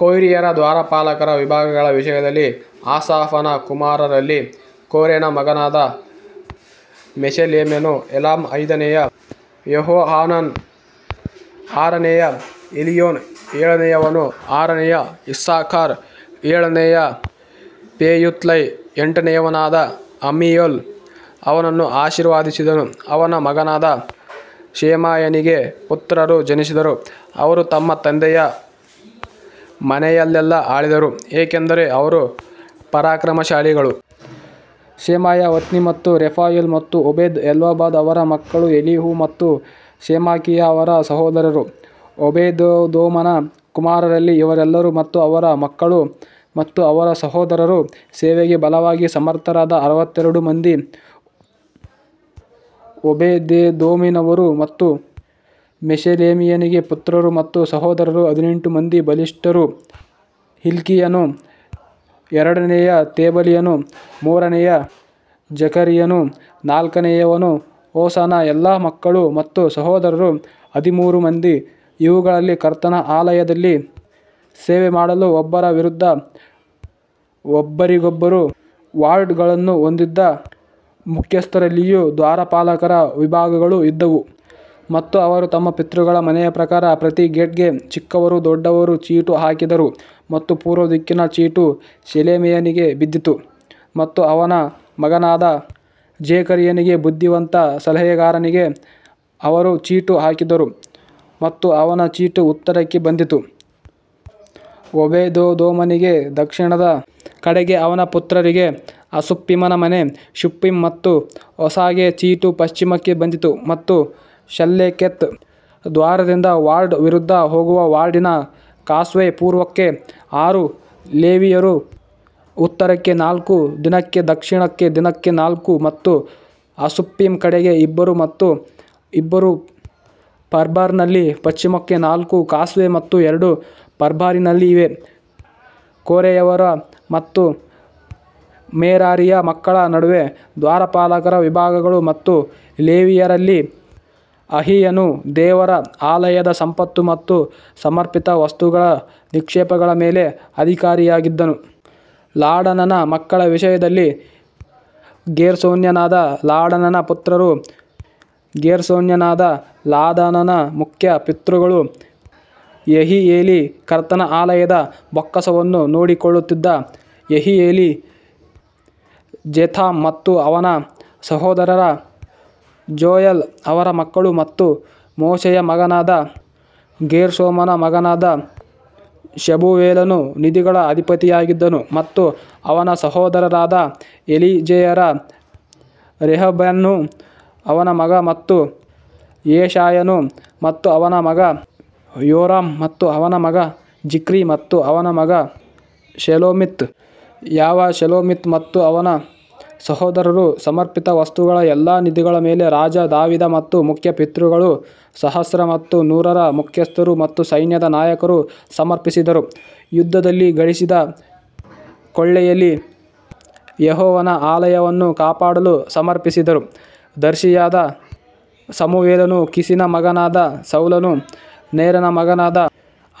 ಕೊರ್ಹಿಯರ ದ್ವಾರಪಾಲಕರ ವಿಭಾಗಗಳ ವಿಷಯದಲ್ಲಿ ಆಸಾಫನ ಕುಮಾರರಲ್ಲಿ ಕೋರೆನ ಮಗನಾದ ಮೆಷೆಲೆಮ್ಯನು. ಏಲಾಮ್ ಐದನೆಯ ಯೆಹೋಹಾನಾನ್ ಆರನೆಯ ಎಲಿಯೋನ್ ಏಳನೆಯವನು ಆರನೆಯ ಇಸ್ಸಾಕಾರ್ ಏಳನೆಯ ಪೆಯುಲ್ತೈ ಎಂಟನೆಯವನಾದ ಅಮ್ಮೀಯೇಲ್ ಅವನನ್ನು ಆಶೀರ್ವದಿಸಿದನು ಅವನ ಮಗನಾದ ಶೆಮಾಯನಿಗೆ ಪುತ್ರರು ಜನಿಸಿದರು, ಅವರು ತಮ್ಮ ತಂದೆಯ ಮನೆಯಲ್ಲೆಲ್ಲಾ ಆಳಿದರು, ಏಕೆಂದರೆ ಅವರು ಪರಾಕ್ರಮಶಾಲಿಗಳು. ಶೆಮಾಯ ಒತ್ನಿ ಮತ್ತು ರೆಫಾಯೇಲ್ ಮತ್ತು ಓಬೇದ್ ಎಲ್ಜಾಬಾದ್ ಅವರ ಮಕ್ಕಳು ಎಲಿಹು ಮತ್ತು ಸೆಮಾಕಿಯಾ ಅವರ ಸಹೋದರರು. ಓಬೇದೆದೋಮನ ಕುಮಾರರಲ್ಲಿ ಇವರೆಲ್ಲರೂ ಮತ್ತು ಅವರ ಮಕ್ಕಳು ಮತ್ತು ಅವರ ಸಹೋದರರು ಸೇವೆಗೆ ಬಲವಾಗಿ ಸಮರ್ಥರಾದ ಅರವತ್ತೆರಡು ಮಂದಿ ಓಬೇದೆದೋಮಿನವರು. ಮತ್ತು ಮೆಷೆಲೆಮಿಯನಿಗೆ ಪುತ್ರರು ಮತ್ತು ಸಹೋದರರು ಹದಿನೆಂಟು ಮಂದಿ ಬಲಿಷ್ಠರು ಹಿಲ್ಕೀಯನು ಎರಡನೆಯ ತೆಬಲೀಯನು ಮೂರನೆಯ ಜಕರೀಯನು ನಾಲ್ಕನೆಯವನು ಹೋಸನ ಎಲ್ಲಾ ಮಕ್ಕಳು ಮತ್ತು ಸಹೋದರರು ಹದಿಮೂರು ಮಂದಿ ಇವುಗಳಲ್ಲಿ ಕರ್ತನ ಆಲಯದಲ್ಲಿ ಸೇವೆಮಾಡಲು ಒಬ್ಬರ ವಿರುದ್ಧ ಒಬ್ಬರಿಗೊಬ್ಬರು ವಾರ್ಡ್ಗಳನ್ನು ಹೊಂದಿದ್ದ ಮುಖ್ಯಸ್ಥರಲ್ಲಿಯೂ ದ್ವಾರಪಾಲಕರ ವಿಭಾಗಗಳು ಇದ್ದವು. ಮತ್ತು ಅವರು ತಮ್ಮ ಪಿತೃಗಳ ಮನೆಯ ಪ್ರಕಾರ ಪ್ರತಿ ಗೇಟ್ಗೆ ಚಿಕ್ಕವರೂ ದೊಡ್ಡವರೂ ಚೀಟು ಹಾಕಿದರು ಮತ್ತು ಪೂರ್ವದಿಕ್ಕಿನ ಚೀಟು ಶೆಲೆಮಿಯನಿಗೆ ಬಿದ್ದಿತು ಮತ್ತು ಅವನ ಮಗನಾದ ಜೆಕರೀಯನಿಗೆ ಬುದ್ಧಿವಂತ ಸಲಹೆಗಾರನಿಗೆ ಅವರು ಚೀಟು ಹಾಕಿದರು ಮತ್ತು ಅವನ ಚೀಟು ಉತ್ತರಕ್ಕೆ ಬಂದಿತು. ಓಬೇದೆದೋಮನಿಗೆ ದಕ್ಷಿಣದ ಕಡೆಗೆ ಮತ್ತು ಅವನ ಪುತ್ರರಿಗೆ ಅಸುಪ್ಪೀಮನ ಮನೆ ಶುಪ್ಪೀಮ್ ಮತ್ತು ಹೋಸಾಗೆ ಚೀಟು ಪಶ್ಚಿಮಕ್ಕೆ ಬಂದಿತು ಮತ್ತು ಶಲ್ಲೆಕೆತ್ ದ್ವಾರದಿಂದ ವಾರ್ಡ್ ವಿರುದ್ಧ ಹೋಗುವ ವಾರ್ಡಿನ ಕಾಸ್ವೇ ಪೂರ್ವಕ್ಕೆ ಆರು ಲೇವಿಯರು ಉತ್ತರಕ್ಕೆ ನಾಲ್ಕು ದಿನಕ್ಕೆ ದಕ್ಷಿಣಕ್ಕೆ ದಿನಕ್ಕೆ ನಾಲ್ಕು ಮತ್ತು ಅಸುಪ್ಪಿಮ್ ಕಡೆಗೆ ಇಬ್ಬರು ಮತ್ತು ಇಬ್ಬರು ಪರ್ಬಾರ್ನಲ್ಲಿ ಪಶ್ಚಿಮಕ್ಕೆ ನಾಲ್ಕು ಕಾಸ್ವೇ ಮತ್ತು ಎರಡು ಪರ್ಬಾರ್ನಲ್ಲಿ ಇವೇ ಕೋರೆಯವರ ಮತ್ತು ಮೆರಾರಿಯ ಮಕ್ಕಳ ನಡುವೆ ದ್ವಾರಪಾಲಕರ ವಿಭಾಗಗಳು ಮತ್ತು ಲೇವಿಯರಲ್ಲಿ ಅಹೀಯನು ದೇವರ ಆಲಯದ ಸಂಪತ್ತು ಮತ್ತು ಸಮರ್ಪಿತ ವಸ್ತುಗಳ ನಿಕ್ಷೇಪಗಳ ಮೇಲೆ ಅಧಿಕಾರಿಯಾಗಿದ್ದನು. ಲಾಡನನ ಮಕ್ಕಳ ವಿಷಯದಲ್ಲಿ ಗೇರ್ಷೋನ್ಯನಾದ ಲಾಡನನ ಪುತ್ರರು ಗೇರ್ಷೋನ್ಯನಾದ ಲಾದಾನನ ಮುಖ್ಯ ಪಿತೃಗಳು ಯೆಹಿಯೇಲಿ. ಕರ್ತನ ಆಲಯದ ಬೊಕ್ಕಸವನ್ನು ನೋಡಿಕೊಳ್ಳುತ್ತಿದ್ದ ಯೆಹಿಯೇಲಿ ಝೆತಾಮ್ ಮತ್ತು ಅವನ ಸಹೋದರ ಜೋಯಲ್ ಅವರ ಮಕ್ಕಳು ಮತ್ತು ಮೋಶೆಯ ಮಗನಾದ ಗೇರ್ಷೋಮನ ಮಗನಾದ ಶೆಬೂವೇಲನು ನಿಧಿಗಳ ಅಧಿಪತಿಯಾಗಿದ್ದನು ಮತ್ತು ಅವನ ಸಹೋದರರಾದ ಎಲಿಯೆಜರ್ ರೆಹಬ್ಯನು ಅವನ ಮಗ ಮತ್ತು ಯೆಶಾಯನು ಮತ್ತು ಅವನ ಮಗ ಯೋರಾಮ್ ಮತ್ತು ಅವನ ಮಗ ಜಿಕ್ರಿ ಮತ್ತು ಅವನ ಮಗ ಶೆಲೋಮಿತ್. ಯಾವ ಶೆಲೋಮಿತ್ ಮತ್ತು ಅವನ ಸಹೋದರರು ಸಮರ್ಪಿತ ವಸ್ತುಗಳ ಎಲ್ಲಾ ನಿಧಿಗಳ ಮೇಲೆ ರಾಜ ದಾವೀದ ಮತ್ತು ಮುಖ್ಯ ಪಿತೃಗಳು ಸಹಸ್ರ ಮತ್ತು ನೂರರ ಮುಖ್ಯಸ್ಥರು ಮತ್ತು ಸೈನ್ಯದ ನಾಯಕರು ಸಮರ್ಪಿಸಿದರು. ಯುದ್ಧದಲ್ಲಿ ಗಳಿಸಿದ ಕೊಳ್ಳೆಯಲ್ಲಿ ಯೆಹೋವನ ಆಲಯವನ್ನು ಕಾಪಾಡಲು ಸಮರ್ಪಿಸಿದರು ದರ್ಶಿಯಾದ ಸಮುವೇಲನೂ ಕೀಷನ ಮಗನಾದ ಸೌಲನೂ ನೇರನ ಮಗನಾದ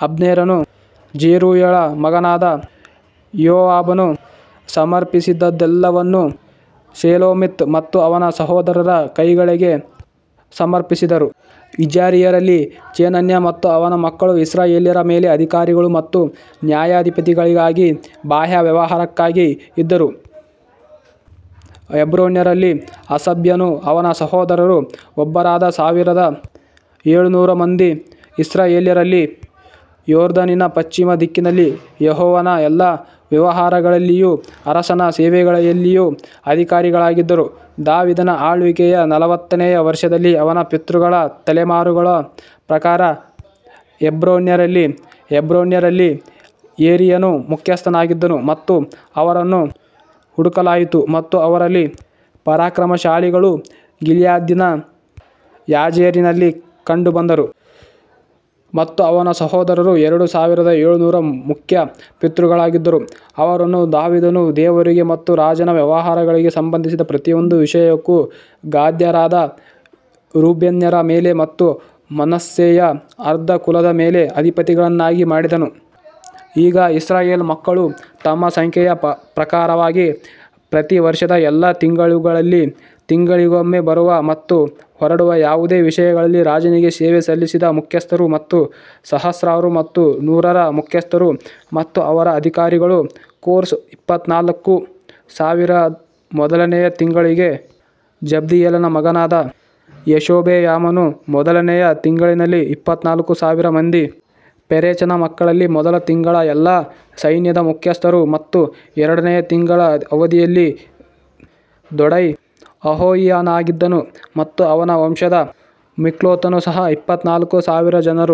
ಅಬ್ನೇರನೂ ಝೆರೂಯಳ ಮಗನಾದ ಯೋವಾಬನೂ ಸಮರ್ಪಿಸಿದದ್ದೆಲ್ಲವನ್ನೂ ಶೆಲೋಮಿತ್ ಮತ್ತು ಅವನ ಸಹೋದರರ ಕೈಕೆಳಗೆ ಸಮರ್ಪಿಸಿದರು. ಇಜಾರಿಯರಲ್ಲಿ ಚೆನನ್ಯ ಮತ್ತು ಅವನ ಮಕ್ಕಳು ಇಸ್ರಾಯೇಲ್ಯರ ಮೇಲೆ ಅಧಿಕಾರಿಗಳು ಮತ್ತು ನ್ಯಾಯಾಧಿಪತಿಗಳಿಗಾಗಿ ಬಾಹ್ಯ ವ್ಯವಹಾರಕ್ಕಾಗಿ ಇದ್ದರು ಹೆಬ್ರೋನ್ಯರಲ್ಲಿ ಹಷಬ್ಯನೂ ಅವನ ಸಹೋದರರೂ ಒಬ್ಬರಾದ ಸಾವಿರದ ಏಳುನೂರು ಮಂದಿ ಇಸ್ರಾಯೇಲ್ಯರಲ್ಲಿ ಯೋರ್ದನಿನ ಪಶ್ಚಿಮ ದಿಕ್ಕಿನಲ್ಲಿ ಯೆಹೋವನ ಎಲ್ಲಾ ವ್ಯವಹಾರಗಳಲ್ಲಿಯೂ ಅರಸನ ಸೇವೆಯಲ್ಲಿಯೂ ಅಧಿಕಾರಿಗಳಾಗಿದ್ದರು. ದಾವೀದನ ಆಳ್ವಿಕೆಯ ನಲವತ್ತನೆಯ ವರ್ಷದಲ್ಲಿ ಅವನ ಪಿತೃಗಳ ತಲೆಮಾರುಗಳ ಪ್ರಕಾರ ಹೆಬ್ರೋನ್ಯರಲ್ಲಿ ಹೆಬ್ರೋನ್ಯರಲ್ಲಿ ಯೆರೀಯನು ಮುಖ್ಯಸ್ಥನಾಗಿದ್ದನು ಮತ್ತು ಅವರನ್ನು ಹುಡುಕಲಾಯಿತು ಮತ್ತು ಅವರಲ್ಲಿ ಪರಾಕ್ರಮಶಾಲಿಗಳು ಗಿಲ್ಯಾದಿನ ಯಾಜೇರಿನಲ್ಲಿ ಕಂಡುಬಂದರು. ಮತ್ತು ಅವನ ಸಹೋದರರು ಎರಡು ಸಾವಿರದ ಏಳುನೂರು ಮುಖ್ಯ ಪಿತೃಗಳಾಗಿದ್ದರು, ಅವರನ್ನು ದಾವೀದನು ದೇವರಿಗೆ ಮತ್ತು ರಾಜನ ವ್ಯವಹಾರಗಳಿಗೆ ಸಂಬಂಧಿಸಿದ ಪ್ರತಿಯೊಂದು ವಿಷಯಕ್ಕೂ ಗಾದ್ಯರಾದ ರೂಬೇನ್ಯರ ಮೇಲೆ ಮತ್ತು ಮನಸ್ಸೆಯ ಅರ್ಧ ಕುಲದ ಮೇಲೆ ಅಧಿಪತಿಗಳನ್ನಾಗಿ ಮಾಡಿದನು. ಈಗ ಇಸ್ರಾಯೇಲ್ ಮಕ್ಕಳು ತಮ್ಮ ಸಂಖ್ಯೆಯ ಪ್ರಕಾರವಾಗಿ ಪ್ರತಿ ವರ್ಷದ ಎಲ್ಲಾ ತಿಂಗಳುಗಳಲ್ಲಿ ತಿಂಗಳಿಗೊಮ್ಮೆ ಬರುವ ಮತ್ತು ಹೊರಡುವ ಯಾವುದೇ ವಿಷಯಗಳಲ್ಲಿ ರಾಜನಿಗೆ ಸೇವೆ ಸಲ್ಲಿಸಿದ ಮುಖ್ಯಸ್ಥರು ಮತ್ತು ಸಹಸ್ರಾರು ಮತ್ತು ನೂರರ ಮುಖ್ಯಸ್ಥರು ಮತ್ತು ಅವರ ಅಧಿಕಾರಿಗಳು ಕೋರ್ಸ್ ಇಪ್ಪತ್ತನಾಲ್ಕು ಸಾವಿರ ಮೊದಲನೆಯ ತಿಂಗಳಿಗೆ ಜಬ್ದಿಯೇಲನ ಮಗನಾದ ಯಶೋಬೆಯಾಮನು ಮೊದಲನೆಯ ತಿಂಗಳಿನಲ್ಲಿ ಇಪ್ಪತ್ತನಾಲ್ಕು ಸಾವಿರ ಮಂದಿ. ಪೆರೆಚನ ಮಕ್ಕಳಲ್ಲಿ ಮೊದಲ ತಿಂಗಳ ಎಲ್ಲಾ ಸೈನ್ಯದ ಮುಖ್ಯಸ್ಥರು ಮತ್ತು ಎರಡನೆಯ ತಿಂಗಳ ಅವಧಿಯಲ್ಲಿ ದೊಡೈ ಅಹೋಹಿಯನಾಗಿದ್ದನು ಮತ್ತು ಅವನ ವಂಶದ ಮಿಕ್ಲೋತನು ಸಹ ಇಪ್ಪತ್ನಾಲ್ಕು ಸಾವಿರ ಜನರು.